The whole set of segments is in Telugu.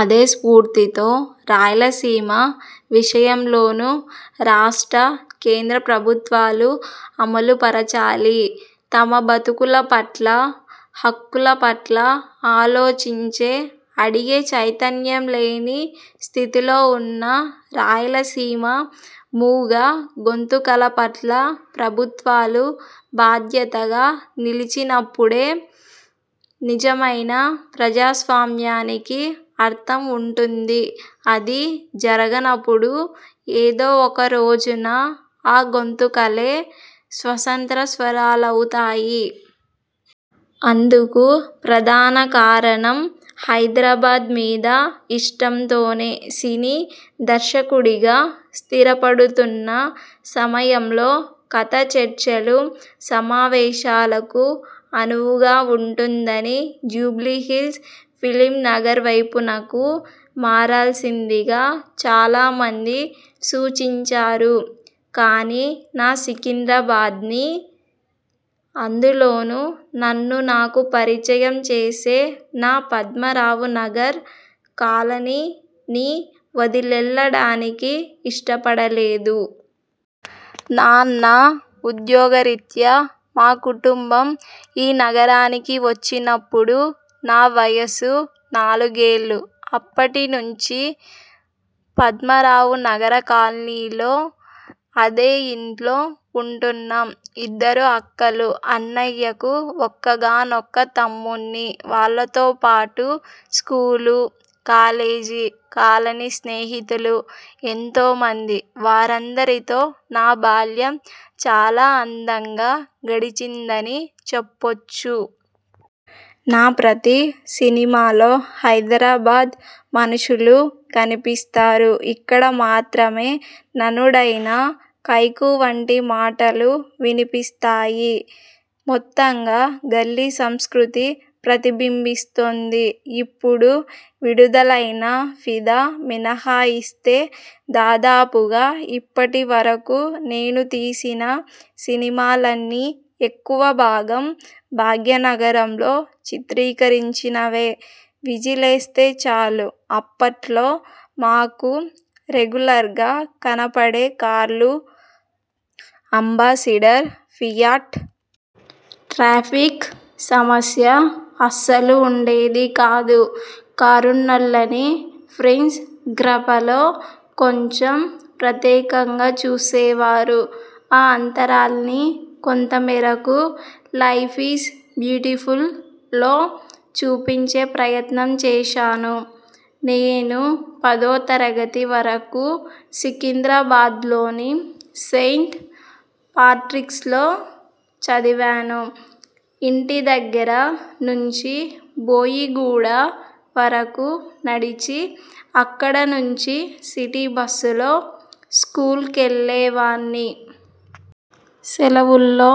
అదే స్ఫూర్తితో రాయలసీమ విషయంలోను రాష్ట్ర కేంద్ర ప్రభుత్వాలు అమలుపరచాలి. తమ బతుకుల పట్ల, హక్కుల పట్ల ఆలోచించే; అడిగే చైతన్యంలేని స్థితిలో ఉన్న రాయలసీమ మూగ గొంతుకల పట్ల ప్రభుత్వాలు బాధ్యతగా నిలిచినపుడే నిజమైన ప్రజాస్వామ్యానికి అర్థం ఉంటుంది. అది జరగనపుడు ఏదో ఒకరోజున ఆ గొంతుకలే స్వతంత్ర స్వరాలవుతాయి. అందుకు ప్రధాన కారణం హైదరాబాద్ మీద ఇష్టంతోనే. సినీ దర్శకుడిగా స్థిరపడుతున్న సమయంలో కథాచర్చలు, సమావేశాలకు అనువుగా ఉంటుందని జూబ్లీహిల్స్, ఫిల్మ్నగర్వైపునకు మారాల్సిందిగా చాలా మంది సూచించారు. కానీ నా సికింద్రాబాద్ని, అందులోనూ నన్ను నాకు పరిచయం చేసే నా పద్మారావునగర్ కాలనీ ని వదిలెళ్లడానికి ఇష్టపడలేదు. నాన్న ఉద్యోగరీత్యా మా కుటుంబం ఈ నగరానికి వచ్చినప్పుడు నా వయస్సు నాలుగేళ్లు. అప్పటి నుంచి పద్మారావునగర్కాలనీలో, అదే ఇంట్లో ఉంటున్నాం. ఇద్దరు అక్కలు, అన్నయ్యకు ఒక్కగానొక్క తమ్ముడ్ని. వాళ్లతోపాటు, స్కూలు, కాలేజీ, కాలనీ స్నేహితులు ఎంతో మంది. వారందరితో నా బాల్యం చాలా అందంగా గడిచిందని చెప్పొచ్చు. నా ప్రతి సినిమాలో హైదరాబాద్ మనుషులు కనిపిస్తారు. ఇక్కడ మాత్రమే నానుడైన ''కైకు''వంటి మాటలు వినిపిస్తాయి. మొత్తంగా గల్లీ సంస్కృతి ప్రతిబింబిస్తోంది. ఇప్పుడు విడుదలైన ''ఫిదా'' మినహాయిస్తే, దాదాపుగా ఇప్పటి వరకు నేను తీసిన సినిమాలన్నీ ఎక్కువభాగం భాగ్యనగరంలో చిత్రీకరించినవే. విజిలేస్తే చాలు అప్పట్లో మాకు రెగ్యులర్గా కనపడే కార్లు అంబాసిడర్, ఫియట్. ట్రాఫిక్ సమస్య అస్సలు ఉండేదికాదు. కారున్నోళ్లని ఫ్రెండ్స్గ్రూ్పలో కొంచెం ప్రత్యేకంగా చూసేవారు. ఆ అంతరాల్ని కొంతమేరకు ''లైఫ్ఈజ్ బ్యూటీఫుల్'' లో చూపించే ప్రయత్నం చేశాను. నేను పదోతరగతి వరకూ సికింద్రాబాద్లోని సెయింట్ పాట్రిక్స్లో చదివాను. ఇంటిదగ్గర నుంచి బోయిగూడ వరకూ నడిచి, అక్కడ నుంచి సిటీబస్సులో స్కూలుకెళ్లేవాడ్ని. సెలవుల్లో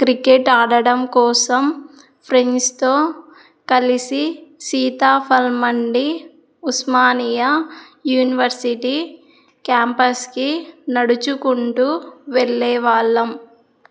క్రికెట్ ఆడటం కోసం ఫ్రెండ్స్తో కలిసిసీతాఫల్మండీ, ఉస్మానియా యూనివర్సిటీ క్యాంప్సకి నడుచుకుంటూ వెళ్లేవాళ్లం.